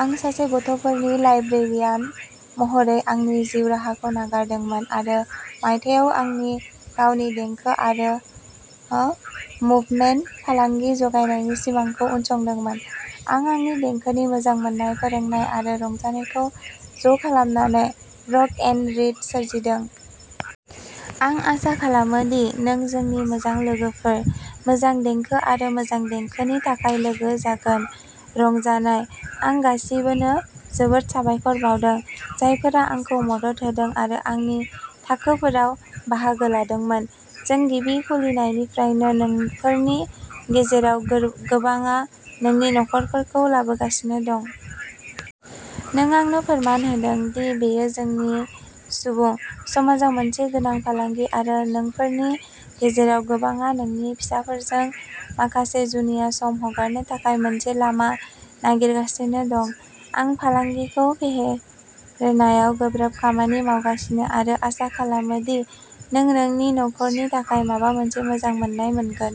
आं सासे गथ'फोरनि लाइब्रेरियान महरै आंनि जिउ राहाखौ नागारदोंमोन आरो मायथाइयाव आंनि गावनि देंखो आरो मुभमेन्ट फालांगि जागायनायनि सिमांखौ उनसंदोंमोन। आं आंनि देंखोनि मोजां मोननाय, फोरोंनाय आरो रंजानायखौ ज'खालामनानै रक एन रीड सोरजिदों। आं आसा खालामो दि नों जोंनि मोजां लोगोफोर, मोजां देंखो आरो मोजां देंखोनि थाखाय लोगो जागोन। रंजानाय! आं गासिबोनो जोबोद साबायखर बाउदों, जायफोरा आंखौ मदद होदों आरो आंनि थाखोफोराव बाहागो लादोंमोन। जों गिबि खुलिनायनिफ्रायनो नोंफोरनि गेजेराव गो-गोबांआ नोंनि नखरफोरखौ लाबोगासिनो दं। नों आंनो फोरमान होदों दि बेयो जोंनि सुबुं समाजाव मोनसे गोनां फालांगि आरो नोंफोरनि गेजेराव गोबांआ नोंनि फिसाफोरजों माखासे जुनिया सम हगारनो थाखाय मोनसे लामा नागिरगासिनो दं। आं फालांगिखौ फेहेरनायाव गोब्राब खामानि मावगासिनो आरो आसा खालामो दि नों नोंनि नखरनि थाखाय माबा मोनसे मोजां मोन्नाय मोनगोन।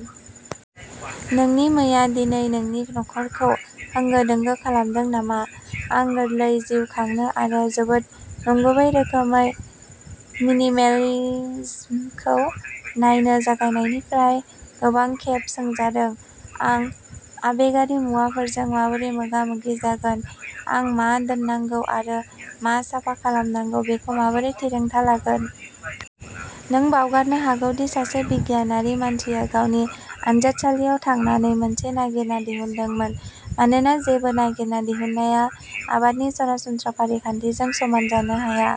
नोंनि मैया दिनै नोंनि न'खरखौ होंगो-दोंगो खालामदों नामा? आं गोरलै जिउ खांनो आरो जोबोद नंगुबै रोखोमै मिनिमेलिज्मखौ नायनो जागायनायनिफ्राय गोबां खेब सोंजादों। आं आबेगारि मुवाफोरजों माबोरै मोगा-मोगि जागोन? आं मा दोननांगौ आरो मा साफा खालामनांगौ बेखौ माबोरै थिरांथा लागोन? नों बावगारनो हागौ दि सासे बिगियानारि मानसिया गावनि आनजादसालियाव थांनानै मोनसे नागिरना दिहुनदोंमोन, मानोना जेबो नागिरना दिहुननाया आबादनि सरासनस्रा फारिखान्थिजों समान जानो हाया।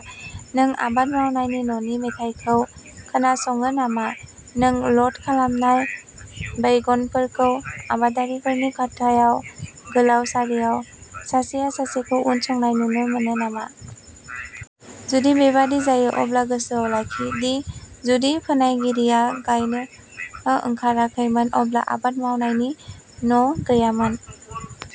नों आबाद मावनायनि न'नि मेथाइखौ खोनासङो नामा? नों ल'ड खालामनाय वैगनफोरखौ आबादारिफोरनि खथायाव गोलाव सारियाव सासेया सासेखौ उनसंनाय नुनो मोनो नामा? जुदि बेबादि जायो, अब्ला गोसोआव लाखि दि जुदि फोनायगिरिया गायनो ओंखाराखैमोन अब्ला आबाद मावनायनि न'गैयामोन!